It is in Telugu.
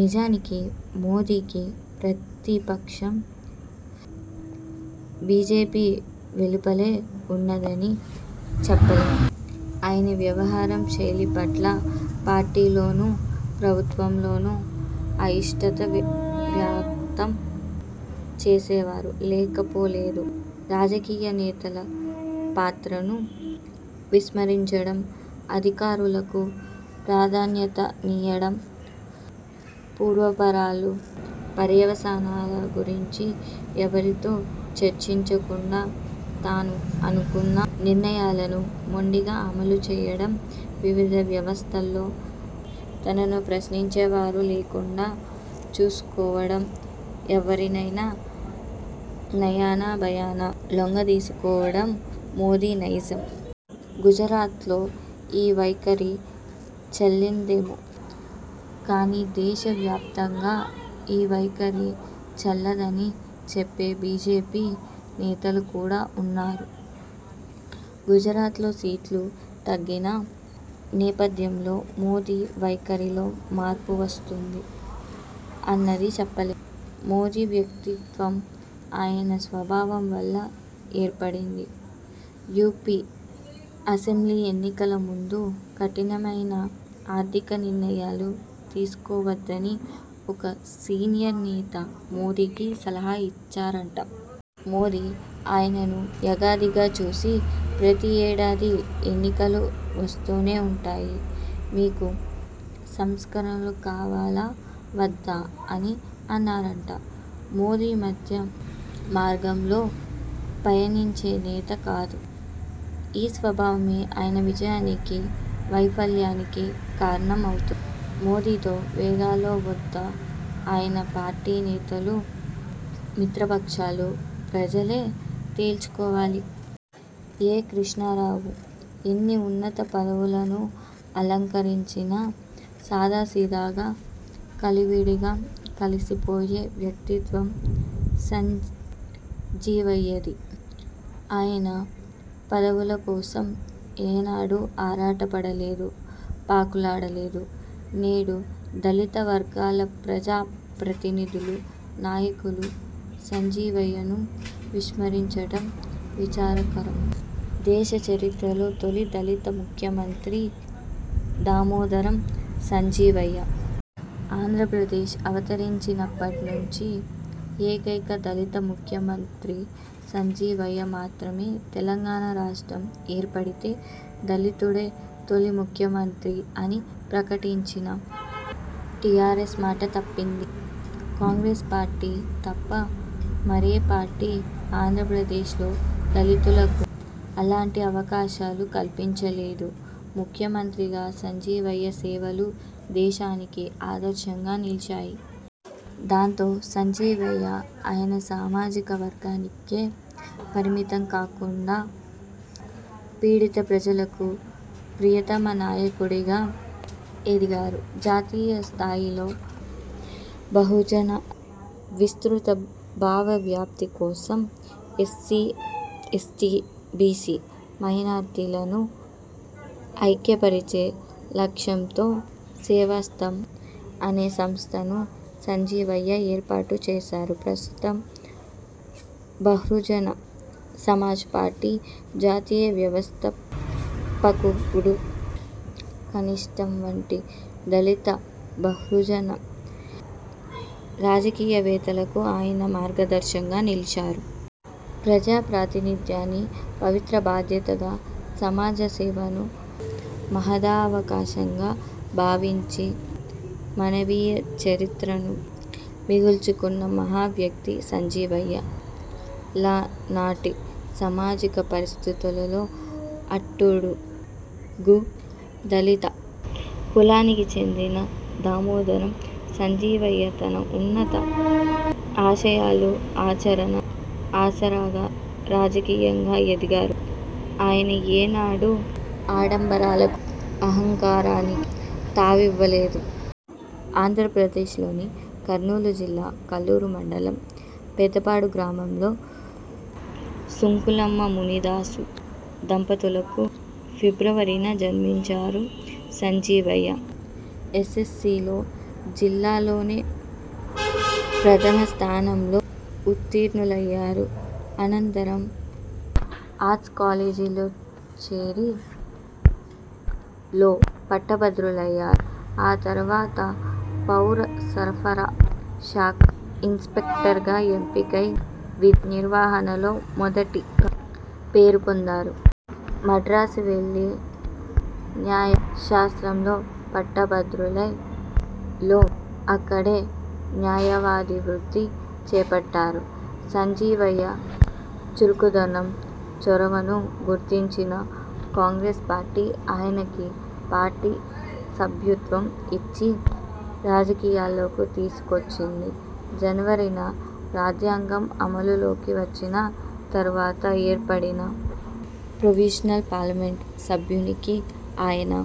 నిజానికి మోదీకి ప్రతిపక్షం బీజేపీ వెలుపలే ఉన్నదని చెప్పలేం. ఆయన వ్యవహార శైలిపట్ల పార్టీలోనూ, ప్రభుత్వంలోనూ అయిష్టత వ్యక్తం చేసే వారు లేకపోలేదు. రాజకీయ నేతల పాత్రను విస్మరించడం, అధికారులకు ప్రాధాన్యత నీయడం, పూర్వాపరాలు, పర్యవసానాల గురించి ఎవరితో చర్చించకుండా తాను అనుకున్న నిర్ణయాలను మొండిగా అమలు చేయడం, వివిధ వ్యవస్థల్లో తనను ప్రశ్నించేవారు లేకుండా చూసుకోవడం, ఎవరినైనా నయానా భయానా లొంగదీసుకోవడం మోదీ నైజం. గుజరాత్లో ఈ వైఖరి చెల్లిందేమో కాని దేశ వ్యాప్తంగా ఈ వైఖరి చెల్లదని చెప్పే బీజేపీ నేతలు కూడా ఉన్నారు. గుజరాత్లో సీట్లు తగ్గిన నేపథ్యంలో మోదీ వైఖరిలో మార్పు వస్తుందా? అన్నది చెప్పలేం. మోదీ వ్యక్తిత్వం ఆయన స్వభావం వల్ల ఏర్పడింది. యూపీ అసెంబ్లీ ఎన్నికల ముందు కఠినమైన ఆర్థిక నిర్ణయాలు తీసుకోవద్దని ఒక సీనియర్ నేత మోదీకి సలహా ఇచ్చారట. మోదీ ఆయనను ఎగాదిగా చూసి ప్రతి ఏడాదీ ఎన్నికలు వస్తూనే ఉంటాయి. మీకు సంస్కరణలు కావాలా వద్దా అని అన్నారట. మోదీ మధ్యే మార్గంలో పయనించే నేత కాదు. ఈ స్వభావమే ఆయన విజయానికీ వైఫల్యానికీ కారణం అవుతుంది. మోదీతో వేగాలో వద్దో ఆయన పార్టీ నేతలు, మిత్రపక్షాలు, ప్రజలే తేల్చుకోవాలి. ఎ. కృష్ణారావు। ఎన్ని ఉన్నత పదవులను అలంకరించినా సాదాసీదాగా కలివిడిగా కలిసిపోయే వ్యక్తిత్వం సంజీవయ్యది. ఆయన పదవులకోసం ఏనాడు ఆరాట పడలేదు, పాకులాడలేదు. నేడు దళిత వర్గాల ప్రజా ప్రతినిధులు, నాయకులు సంజీవయ్యను విస్మరించడం విచారకరం. దేశ చరిత్రలో తొలి దళిత ముఖ్యమంత్రి దామోదరం సంజీవయ్య. ఆంధ్రప్రదేశ్ అవతరించినప్పటి నుంచి ఏకైక దళిత ముఖ్యమంత్రి సంజీవయ్య మాత్రమే. తెలంగాణ రాష్ట్రం ఏర్పడితే దళితుడే తొలి ముఖ్యమంత్రి అని ప్రకటించిన టీఆర్ఎస్ మాట తప్పింది. కాంగ్రెస్ పార్టీ తప్ప మరే పార్టీ ఆంధ్రప్రదేశ్లో దళితులకు అలాంటి అవకాశాలు కల్పించలేదు. ముఖ్యమంత్రిగా సంజీవయ్య సేవలు దేశానికే ఆదర్శంగా నిలిచాయి. దాంతో సంజీవయ్య ఆయన సామాజిక వర్గానికే పరిమితం కాకుండా పీడిత ప్రజలకు ప్రియతమ నాయకుడిగా ఎదిగారు. జాతీయ స్థాయిలో బహుజన విస్తృత భావవ్యాప్తి కోసం, ఎస్సీ, ఎస్టీ, బీసీ, మైనారిటీలను ఐక్యపరిచే లక్ష్యంతో 'సేవాస్థంబ్' అనే సంస్థను సంజీవయ్య ఏర్పాటు చేశారు. ప్రస్తుతం బహుజన్ సమాజ్ పార్టీ జాతీయ వ్యవసస్థాపకుడు కనిష్టం వంటి దళిత బహుజన రాజకీయవేత్తలకు ఆయన మార్గదర్శకంగా నిలిచారు. ప్రజా ప్రాతినిధ్యాన్ని పవిత్ర బాధ్యతగా, సమాజ సేవను మహదావకాశంగా భావించి మానవీయ చరిత్రను మిగుల్చుకున్న మహా వ్యక్తి సంజీవయ్య. ల నాటి సామాజిక పరిస్థితులలో అట్టడుగు దళిత కులానికి చెందిన దామోదరం సంజీవయ్య తన ఉన్నత ఆశయాలు, ఆచరణ, ఆసరాగా, రాజకీయంగా ఎదిగారు. ఆయన ఏనాడూ ఆడంబరాలకు, అహంకారానికి తావివ్వలేదు. ఆంధ్రప్రదేశ్లోని కర్నూలు జిల్లా కల్లూరు మండలం, పెద్దపాడు గ్రామంలో సుంకులమ్మ, మునిదాసు దంపతులకు ఫిబ్రవరి న జన్మించారు. సంజీవయ్య ఎస్. ఎస్. సి. లో జిల్లాలోనే ప్రథమ స్థానంలో ఉత్తీర్ణులయ్యారు. అనంతరం ఆర్ట్స్ కాలేజీలో చేరి లో పట్టభద్రులయ్యారు. ఆ తరువాత పౌర సరఫరా శాఖ ఇన్స్పెక్టర్గా ఎంపికై విధి నిర్వహణలో మొదటిగా పేరుపొందారు. మడ్రాసు వెళ్లి న్యాయ శాస్త్రంలో పట్టభద్రులై, లో అక్కడే న్యాయవాది వృత్తి చేపట్టారు. సంజీవయ్య చురుకుదనం, చొరవను గుర్తించిన కాంగ్రెస్ పార్టీ ఆయనకు పార్టీ సభ్యత్వం ఇచ్చి, రాజకీయాల్లోకి తీసుకొచ్చింది. జనవరి న రాజ్యాంగం అమలులోకి వచ్చిన తరువాత ఏర్పడిన ప్రొవిజినల్ పార్లమెంటు సభ్యునికి ఆయన